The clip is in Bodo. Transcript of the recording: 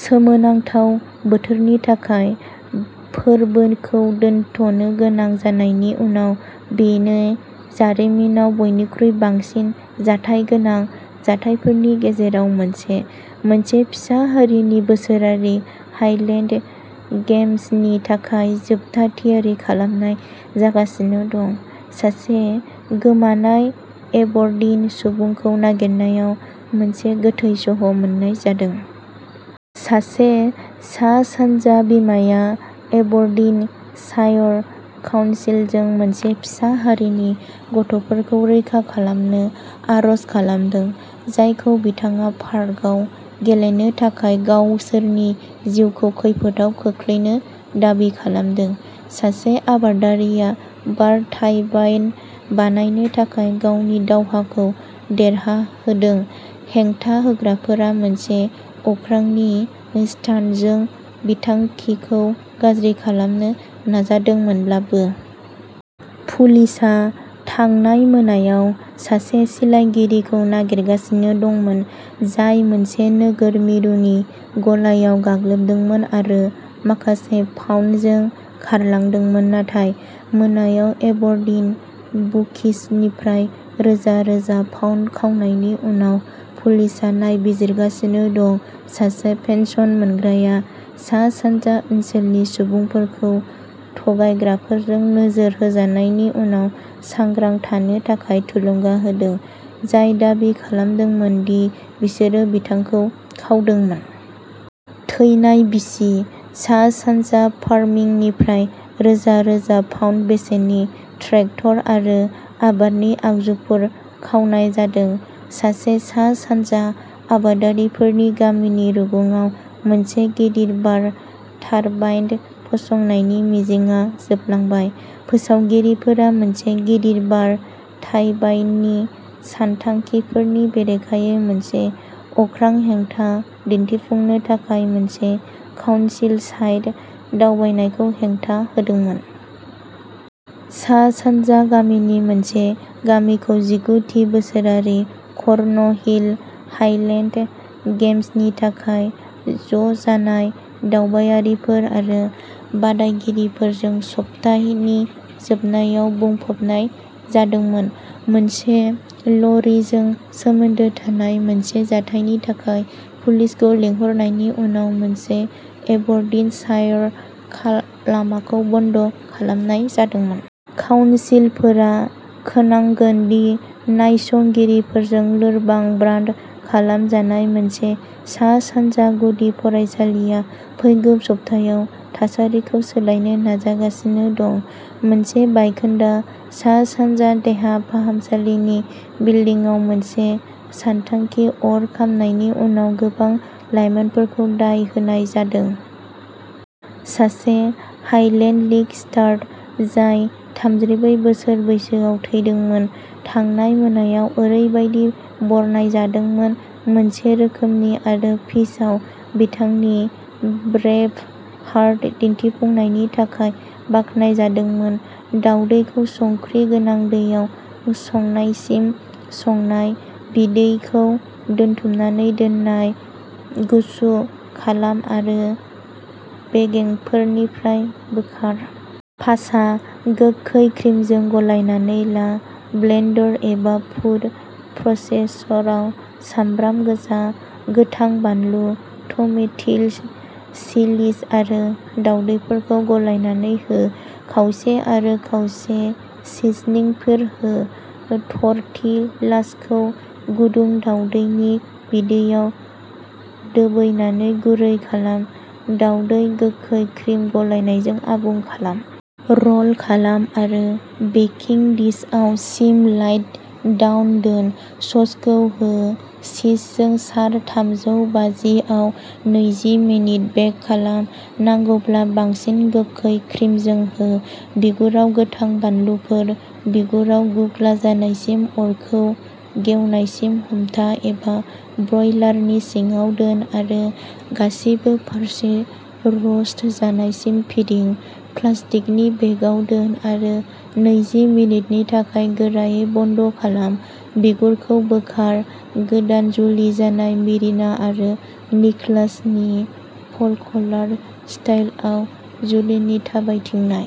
सोमोनांथाव बोथोरनि थाखाय फोरबोखौ दोनथ’नो गोनां जानायनि उनाव बेनि जारिमिनाव बयनिख्रुइ बांसिन जाथायगोनां जाथायफोरनि गेजेराव मोनसे। मोनसे फिसा हारिनि बोसोरारि हाइलेन्ड गेम्सनि थाखाय जोबथा थियारि खालामनाय जागासिनो दं। सासे गोमानाय एबरडीन सुबुंखौ नागिरनायाव मोनसे गोथै सह' मोननाय जादों। सासे सा-सानजा बिमाया एबरडीन शायर काउन्सिलजों मोनसे फिसा हारिनि गथ'फोरखौ रैखा खालामनो आर'ज खालामदों, जायखौ बिथाङा पार्कआव गेलेनो थाखाय गावसोरनि जिउखौ खैफोदआव खोख्लैनो दाबि खालामदों। सासे आबादारिया बार टारबाइन बानायनो थाखाय गावनि दावहाखौ देरहादों हेंथा होग्राफोरा मोनसे अख्रांनि स्टान्टजों बिथांखिखौ गाज्रि खालामनो नाजादोंमोनब्लाबो। पुलिसआ थांनाय मोनायाव सासे सिलायगिरिखौ नागिरगासिनो दंमोन, जाय मोनसे नोगोर मिरुनि गलायाव गाग्लोबदोंमोन आरो माखासे पाउन्दजों खारलांदोंमोन। थांनाय मोनायाव एबरडीन बुकिसनिफ्राय रोजा रोजा पाउन्द खावनायनि उनाव पुलिसआ नायबिजिरगासिनो दं। सासे पेन्सन मोनग्राया सा-सानजा ओनसोलनि सुबुंफोरखौ थगायग्राफोरजों नोजोर होजानायनि उनाव सांग्रां थानो थाखाय थुलुंगा होदों जाय दाबि खालामदोंमोन दि बिसोरो बिथांखौ खावदोंमोन। थैनाय बिसि। सा-सानजा फार्मनिफ्राय रोजा रोजा पाउन्द बेसेननि ट्रेक्टर आरो आबादनि आगजुफोर खावनाय जादों। सासे सा-सानजा आबादारिफोरनि गामिनि रुगुङाव मोनसे गिदिर बार टारबाइन फसंनायनि मिजिंआ जोबलांबाय। फोसावगिरिफोरा मोनसे गिदिर बार टारबाइननि सानथांखिफोरनि बेरेखायै मोनसे अख्रां हेंथा दिन्थिफुंनो थाखाय मोनसे काउनसिल साइट दावबायनायखौ हेंथा होदोंमोन। सा-सानजा गामिनि मोनसे गामिखौ जिगु थि बोसोरारि कर्नहिल हाइलेन्ड गेम्सनि थाखाय ज'जानाय दावबायारिफोर आरो बादायगिरिफोरजों सप्ताहनि जोबनायाव बुंफबनाय जादोंमोन। मोनसे ल'रिजों सोमोन्दो थानाय मोनसे जाथायनि थाखाय पुलिसखौ लिंहरनायनि उनाव मोनसे एबरडिन शायर लामाखौ बन्द खालामनाय जादोंमोन। काउनसिलरफोरा खोनांगोन दि नायसंगिरिफोरजों लोरबां ब्रान्द खालामजानाय मोनसे सा-सानजा गुदि फरायसालिआ फैगौ सप्तायाव थासारिखौ सोलायनो नाजागासिनो दं। मोनसे बायखोन्दा सा-सानजा देहा फाहामसालिनि बिल्दिंआव मोनसे सानथांखि अर खामनायनि उनाव गोबां लाइमोनफोरखौ दाय होनाय जादों। सासे हाइलेन्ड लिग स्टार, जाय थामजिब्रै बोसोर बैसोआव थैदोंमोन थांनाय मोनायाव ओरैबायदि बरनायजादोंमोन। मोनसे रोखोमनि आरो पिचआव बिथांनि ब्रेभहार्ट दिन्थिफुंनायनि थाखाय बाख्नायजादोंमोन। दावदैखौ संख्रि गोनां दैयाव संनायसिम संनाय, बिदैखौ दोन्थुमनानै दोननाय। गुसु खालाम आरो बेगेंफोरनिफ्राय बोखार। पासा। गोखै क्रिमजों गलायनानै ला ब्लेंडर एबा फुद प्रसेसराव सामब्राम गोजा, गोथां बानलु, टमेटिलस, चिलिज आरो दावदैफोरखौ गलायनानै हो। खावसे आरो खावसे आरो सिजनिंफोर हो। टर्टिलासखौ गुदुं दावदैनि बिदैआव दोबैनानै गुरै खालाम। दावदै गोखै क्रिम गलायनायजों आबुं खालाम। र'ल खालाम आरो बेकिंग डिशआव सिम साइड डाउन दोन। ससखौ हो। चीजजों सार थामजौ बाजि आव नैजि मिनिट बेक खालाम। नांगौब्ला बांसिन गोखै क्रिमजों हो। बिगुराव गोथां बानलुफोर बिगुराव गुग्ला जानायसिम अरखौ गेवनायसिम हमथा, एबा ब्रयलारनि सिङाव दोन आरो गासिबो फारसे र'स्ट जानायसिम फिदिं प्लास्टिकनि बेगआव दोन आरो नैजि मिनिटनि थाखाय गोरायै बन्द खालाम बिगुरखौ बोखार गोदान जुलि जानाय मेरिना आरो निकलासनि फल्क'लार स्टाइलआव जुलिनि थाबायथिंनाय।